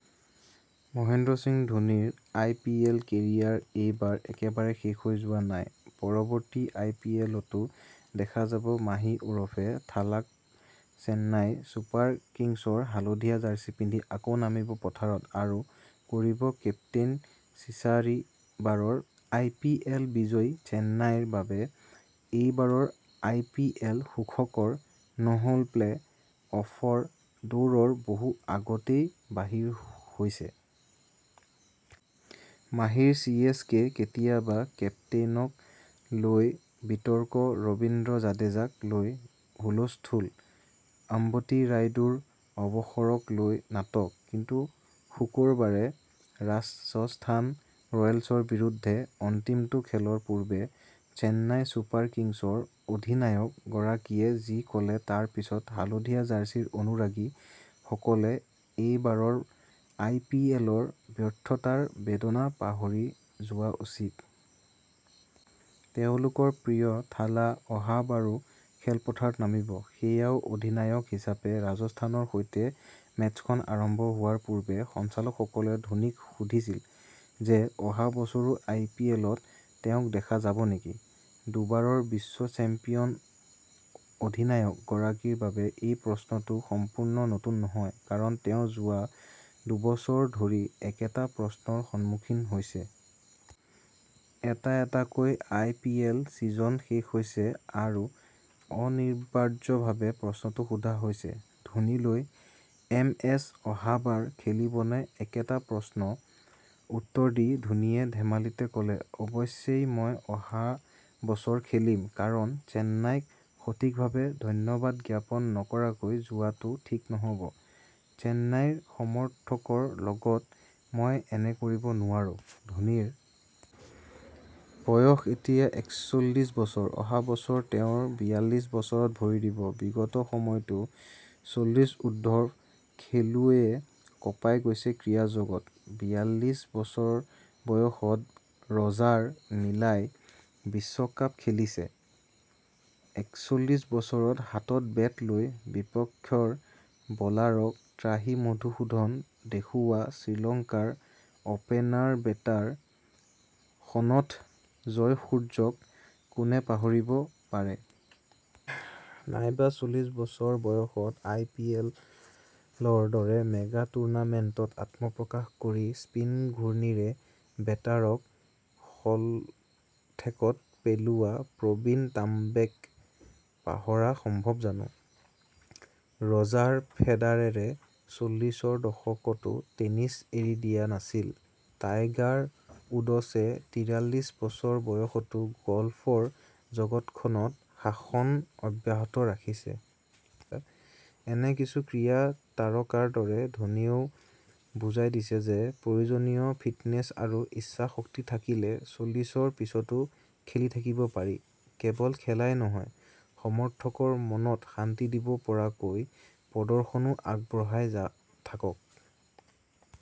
মহেন্দ্ৰ সিং ধোনীৰ I P L career এইবাৰ একেবাৰে শেষ হৈ যোৱা নাই। পৰৱৰ্তী আই পি এলতো দেখা যাব মাহী ওৰফে থালাকচেন্নাই ছুপাৰ কিংছৰ হালধীয়া জাৰ্চি পিন্ধি আকৌ নামিব খেলপথাৰত আৰু কৰিব কেপ্তেইন চীচাৰিবাৰৰ আই পি এল বিজয়ী চেন্নাইৰ বাবে এইবাৰৰ আই পি এল সুখকৰ নহলপ্লে অফৰ দৌৰৰ বহু আগতেই বাহিৰ হৈছে। মাহীৰ চি এছ কেকেতিয়াবা কেপ্তেইনক লৈ বিতৰ্ক ৰবীন্দ্ৰ জাদেজাক লৈ হুলস্থুল আম্বতী ৰায়ুডুৰ অৱসৰক লৈ নাটক। কিন্তু শুকুৰবাৰে ৰাজস্থান ৰয়েলছৰ বিৰুদ্ধে অন্তিমটো খেলৰ পূৰ্বে চেন্নাই ছুপাৰ কিংছৰ অধিনায়ক গৰাকীয়ে যি কলে তাৰ পিছত হালধীয়া জাৰ্চিৰ অনুৰাগী সকলে এইবাৰৰ আই পি এলৰ ব্যৰ্থতাৰ বেদনা পাহৰি যোৱা উচিত। তেওঁলোকৰ প্ৰিয় থালা অহাবাৰো খেলপথাৰত নামিব। সেয়াও অধিনায়ক হিচাপে ৰাজস্থানৰ সৈতে মেচখন আৰম্ভ হোৱাৰ পূৰ্বে সঞ্চালকসকলে ধোনীক সুধিছিল, যে অহা বছৰো আইপিএল ত তেওঁক দেখা যাব নেকি? দুবাৰৰ বিশ্ব চেম্পিয়ন অধিনায়ক গৰাকীৰ বাবে এই প্ৰশ্নটো সম্পূৰ্ণ নতুন নহয় কাৰণ তেওঁ যোৱা দুবছৰ ধৰি একেটা প্ৰশ্নৰ সন্মুখীন হৈছে। এটা এটাকৈ আই পি এল চিজন শেষ হৈছে আৰু অনিবাৰ্যভাৱে প্ৰশ্নটো সোধা হৈছে। ধোনীলৈ এম এছ অহাবাৰ খেলিবনে একেটা প্ৰশ্নৰ উত্তৰ দি ধোনীয়ে ধেমালিতে কলে অৱশ্যেই মই অহা বছৰ খেলিম কাৰণ চেন্নাইক সঠিকভাৱে ধন্যবাদ জ্ঞাপন নকৰাকৈ যোৱাটো ঠিক নহব৷ চেন্নাইৰ সমৰ্থকৰ লগত মই এনে কৰিব নোৱাৰো। ধোনীৰ বয়স এতিয়া একচল্লিশ বছৰ। অহা বছৰ তেওঁৰ বিয়াল্লিশ বছৰত ভৰি দিব৷ বিগত সময়তো চল্লিছ ঊৰ্ধ্বৰ খেলুৱৈয়ে কঁপাই গৈছে ক্ৰীড়া জগত বিয়াল্লিশ বছৰ বয়সত ৰজাৰ মিলাই বিশ্বকাপ খেলিছে। একচল্লিশ বছৰত হাতত বেট লৈ বিপক্ষৰ বলাৰক ত্ৰাহি মধুসূধন দেখুওৱা শ্ৰীলংকাৰ অপেনাৰ বেটাৰ সনথ জয়সূৰ্যক কোনে পাহৰিব পাৰে। নাইবা চল্লিশ বছৰ বয়সত আই পি এল ৰ দৰে মেগা টুৰ্ণামেন্টত আত্মপ্ৰকাশ কৰি স্পীন ঘূৰ্ণীৰে বেটাৰক শলঠেকত পেলোৱা প্ৰবীণ তাম্বেক পাহৰা সম্ভৱ জানো। ৰজাৰ ফেডাৰেৰে চল্লিশৰ দশকতো টেনিছ এৰি দিয়া নাছিল। টাইগাৰ উডছে তিৰাল্লিশ বছৰ বয়সতো গল্ফৰ জগতখনত শাসন অব্যাহত ৰাখিছে। এনে কিছু ক্ৰীড়া তাৰকাৰ দৰেই ধোনীয়েও বুজাই দিছে যে প্ৰয়োজনীয় ফিটনেছ আৰু ইচ্ছাশক্তি থাকিলে চল্লিশৰ পিছতো খেলি থাকিব পাৰি। কেৱল খেলাই নহয় সমৰ্থকৰ মনত শান্তি দিব পৰাকৈ প্ৰদৰ্শনো আগবঢ়ায় থাকক।